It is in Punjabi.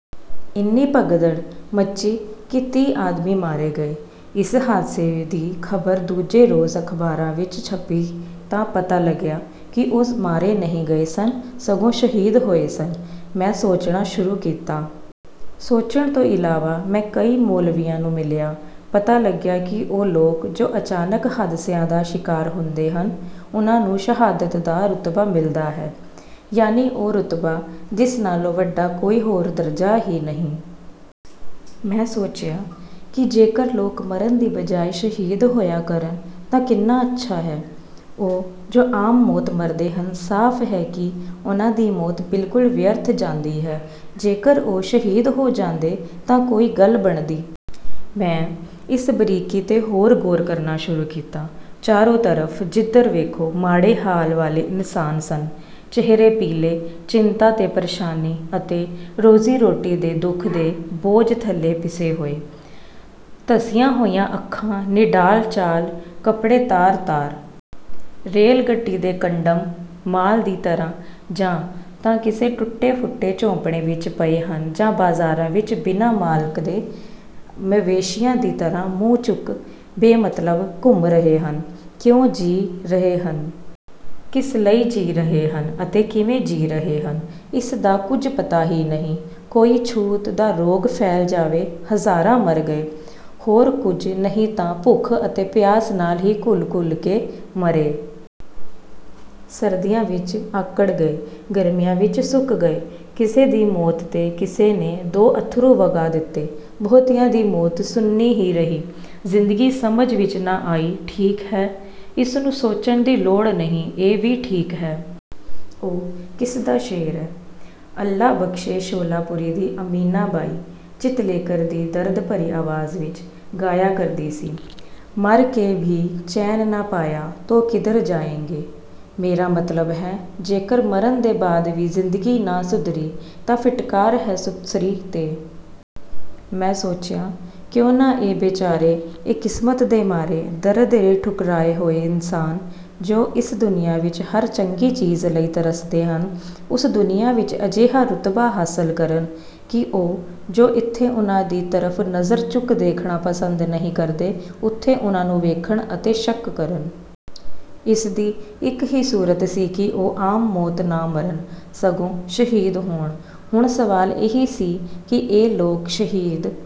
ਇੰਨੀ ਭਗਦੜ ਮੱਚੀ ਕਿ ਤੀਹ ਆਦਮੀ ਮਾਰੇ ਗਏ। ਇਸ ਹਾਦਸੇ ਦੀ ਖ਼ਬਰ ਦੂਜੇ ਰੋਜ਼ ਅਖ਼ਬਾਰਾਂ ਵਿੱਚ ਛਪੀ ਤਾਂ ਪਤਾ ਲੱਗਿਆ ਕਿ ਉਹ ਮਾਰੇ ਨਹੀਂ ਗਏ ਸਨ, ਸਗੋਂ ਸ਼ਹੀਦ ਹੋਏ ਸਨ। ਮੈਂ ਸੋਚਣਾ ਸ਼ੁਰੂ ਕੀਤਾ। ਸੋਚਣ ਦੇ ਇਲਾਵਾ ਮੈਂ ਕਈ ਮੌਲਵੀਆਂ ਨੂੰ ਮਿਲਿਆ। ਪਤਾ ਲੱਗਿਆ ਕਿ ਉਹ ਲੋਕ, ਜੋ ਅਚਾਨਕ ਹਾਦਸਿਆਂ ਦਾ ਸ਼ਿਕਾਰ ਹੁੰਦੇ ਹਨ, ਉਨ੍ਹਾਂ ਨੂੰ ਸ਼ਹਾਦਤ ਦਾ ਰੁਤਬਾ ਮਿਲਦਾ ਹੈ। ਯਾਨੀ ਉਹ ਰੁਤਬਾ, ਜਿਸ ਨਾਲੋਂ ਵੱਡਾ ਕੋਈ ਹੋਰ ਦਰਜਾ ਹੀ ਨਹੀਂ। ਮੈਂ ਸੋਚਿਆ ਕਿ ਜੇਕਰ ਲੋਕ ਮਰਨ ਦੀ ਬਜਾਏ ਸ਼ਹੀਦ ਹੋਇਆ ਕਰਨ ਤਾਂ ਕਿੰਨਾ ਅੱਛਾ ਹੈ। ਉਹ ਜੋ ਆਮ ਮੌਤ ਮਰਦੇ ਹਨ। ਸਾਫ਼ ਹੈ ਕਿ ਉਨ੍ਹਾਂ ਦੀ ਮੌਤ ਬਿਲਕੁਲ ਵਿਅਰਥ ਜਾਂਦੀ ਹੈ। ਜੇਕਰ ਉਹ ਸ਼ਹੀਦ ਹੋ ਜਾਂਦੇ ਤਾਂ ਕੋਈ ਗੱਲ ਬਣਦੀ। ਮੈਂ ਇਸ ਬਰੀਕੀ ਤੇ ਹੋਰ ਗੌਰ ਕਰਨਾ ਸ਼ੁਰੂ ਕੀਤਾ। ਚਾਰੋਂ ਤਰਫ਼ ਜਿੱਧਰ ਵੇਖੋ, ਮਾੜੇ ਹਾਲ ਵਾਲੇ ਇਨਸਾਨ ਸਨ। ਚਿਹਰੇ ਪੀਲੇ, ਚਿੰਤਾ ਤੇ ਪਰੇਸ਼ਾਨੀ ਅਤੇ ਰੋਜ਼ੀ-ਰੋਟੀ ਦੇ ਦੁੱਖ ਦੇ ਬੋਝ ਥੱਲੇ ਪਿਸੇ ਹੋਏ, ਧਸੀਆਂ ਹੋਈਆਂ ਅੱਖਾਂ, ਨਿਢਾਲ ਚਾਲ, ਕੱਪੜੇ ਤਾਰ-ਤਾਰ। ਰੇਲ-ਗੱਡੀ ਦੇ ਕੰਡਮ ਮਾਲ ਦੀ ਤਰ੍ਹਾਂ ਜਾਂ ਤਾਂ ਕਿਸੇ ਟੁੱਟੇ-ਫੁੱਟੇ ਝੋਂਪੜੇ ਵਿੱਚ ਪਏ ਹਨ ਜਾਂ ਬਜ਼ਾਰਾਂ ਵਿੱਚ ਬਿਨਾਂ ਮਾਲਕ ਦੇ ਮਵੇਸ਼ੀਆਂ ਦੀ ਤਰ੍ਹਾਂ ਮੂੰਹ ਚੁੱਕ ਬੇਮਤਲਬ ਘੁੰਮ ਰਹੇ ਹਨ। ਕਿਉਂ ਜੀ ਰਹੇ ਹਨ? ਕਿਸ ਲਈ ਜੀ ਰਹੇ ਹਨ ਅਤੇ ਕਿਵੇਂ ਜੀ ਰਹੇ ਹਨ? ਇਸ ਦਾ ਕੁਝ ਪਤਾ ਹੀ ਨਹੀਂ। ਕੋਈ ਛੂਤ ਦਾ ਰੋਗ ਫੈਲ ਜਾਵੇ। ਹਜ਼ਾਰਾਂ ਮਰ ਗਏ। ਹੋਰ ਕੁਝ ਨਹੀਂ ਤਾਂ ਭੁੱਖ ਅਤੇ ਪਿਆਸ ਨਾਲ ਹੀ ਘੁਲ-ਘੁਲ ਕੇ ਮਰੇ। ਸਰਦੀਆਂ ਵਿੱਚ ਆਕੜ ਗਏ, ਗਰਮੀਆਂ ਵਿੱਚ ਸੁੱਕ ਗਏ। ਕਿਸੇ ਦੀ ਮੌਤ ਤੇ ਕਿਸੇ ਨੇ ਦੋ ਅੱਥਰੂ ਵਗਾ ਦਿੱਤੇ। ਬਹੁਤਿਆਂ ਦੀ ਮੌਤ ਸੁੰਨੀ ਹੀ ਰਹੀ। ਜ਼ਿੰਦਗੀ ਸਮਝ ਵਿੱਚ ਨਾ ਆਈ, ਠੀਕ ਹੈ। ਇਸ ਨੂੰ ਸੋਚਣ ਦੀ ਲੋੜ ਨਹੀਂ, ਇਹ ਵੀ ਠੀਕ ਹੈ। ਉਹ ਕਿਸ ਦਾ ਸ਼ੇਅਰ ਹੈ। ਅੱਲਾ ਬਖ਼ਸ਼ੇ ਸ਼ੋਲਾਪੁਰੀ ਦੀ ਅਮੀਨਾ ਬਾਈ ਚਿਤਲੇਕਰ ਦੀ ਦਰਦ-ਭਰੀ ਆਵਾਜ਼ ਵਿੱਚ ਗਾਇਆ ਕਰਦੀ ਸੀ, "ਮਰ ਕੇ ਭੀ ਚੈਨ ਨਾ ਪਾਇਆ ਤੋ ਕਿਧਰ ਜਾਏਗੇ।" ਮੇਰਾ ਮਤਲਬ ਹੈ, ਜੇਕਰ ਮਰਨ ਦੇ ਬਾਅਦ ਵੀ ਜ਼ਿੰਦਗੀ ਨਾ ਸੁਧਰੀ ਤਾਂ ਫਿਟਕਾਰ ਹੈ ਸੁਸਰੀ ਤੇ। ਮੈਂ ਸੋਚਿਆ, ਕਿਉਂ ਨਾ ਇਹ ਬੇਚਾਰੇ, ਇਹ ਕਿਸਮਤ ਦੇ ਮਾਰੇ, ਦਰਦ ਦੇ ਠੁਕਰਾਏ ਹੋਏ ਇਨਸਾਨ, ਜੋ ਇਸ ਦੁਨੀਆ ਵਿੱਚ ਹਰ ਚੰਗੀ ਚੀਜ਼ ਲਈ ਤਰਸਦੇ ਹਨ, ਉਸ ਦੁਨੀਆ ਵਿੱਚ ਅਜਿਹਾ ਰੁਤਬਾ ਹਾਸਲ ਕਰਨ ਕਿ ਉਹ, ਜੋ ਇੱਥੇ ਉਨ੍ਹਾਂ ਦੀ ਤਰਫ਼ ਨਜ਼ਰ ਚੁੱਕ ਦੇਖਣਾ ਪਸੰਦ ਨਹੀਂ ਕਰਦੇ, ਉੱਥੇ ਉਨ੍ਹਾਂ ਨੂੰ ਵੇਖਣ ਅਤੇ ਸ਼ਕ ਕਰਨ। ਇਸ ਦੀ ਇੱਕ ਹੀ ਸੂਰਤ ਸੀ ਕਿ ਉਹ ਆਮ ਮੌਤ ਨਾ ਮਰਨ, ਸਗੋਂ ਸ਼ਹੀਦ ਹੋਣ। ਹੁਣ ਸਵਾਲ ਇਹ ਸੀ ਕਿ ਇਹ ਲੋਕ ਸ਼ਹੀਦ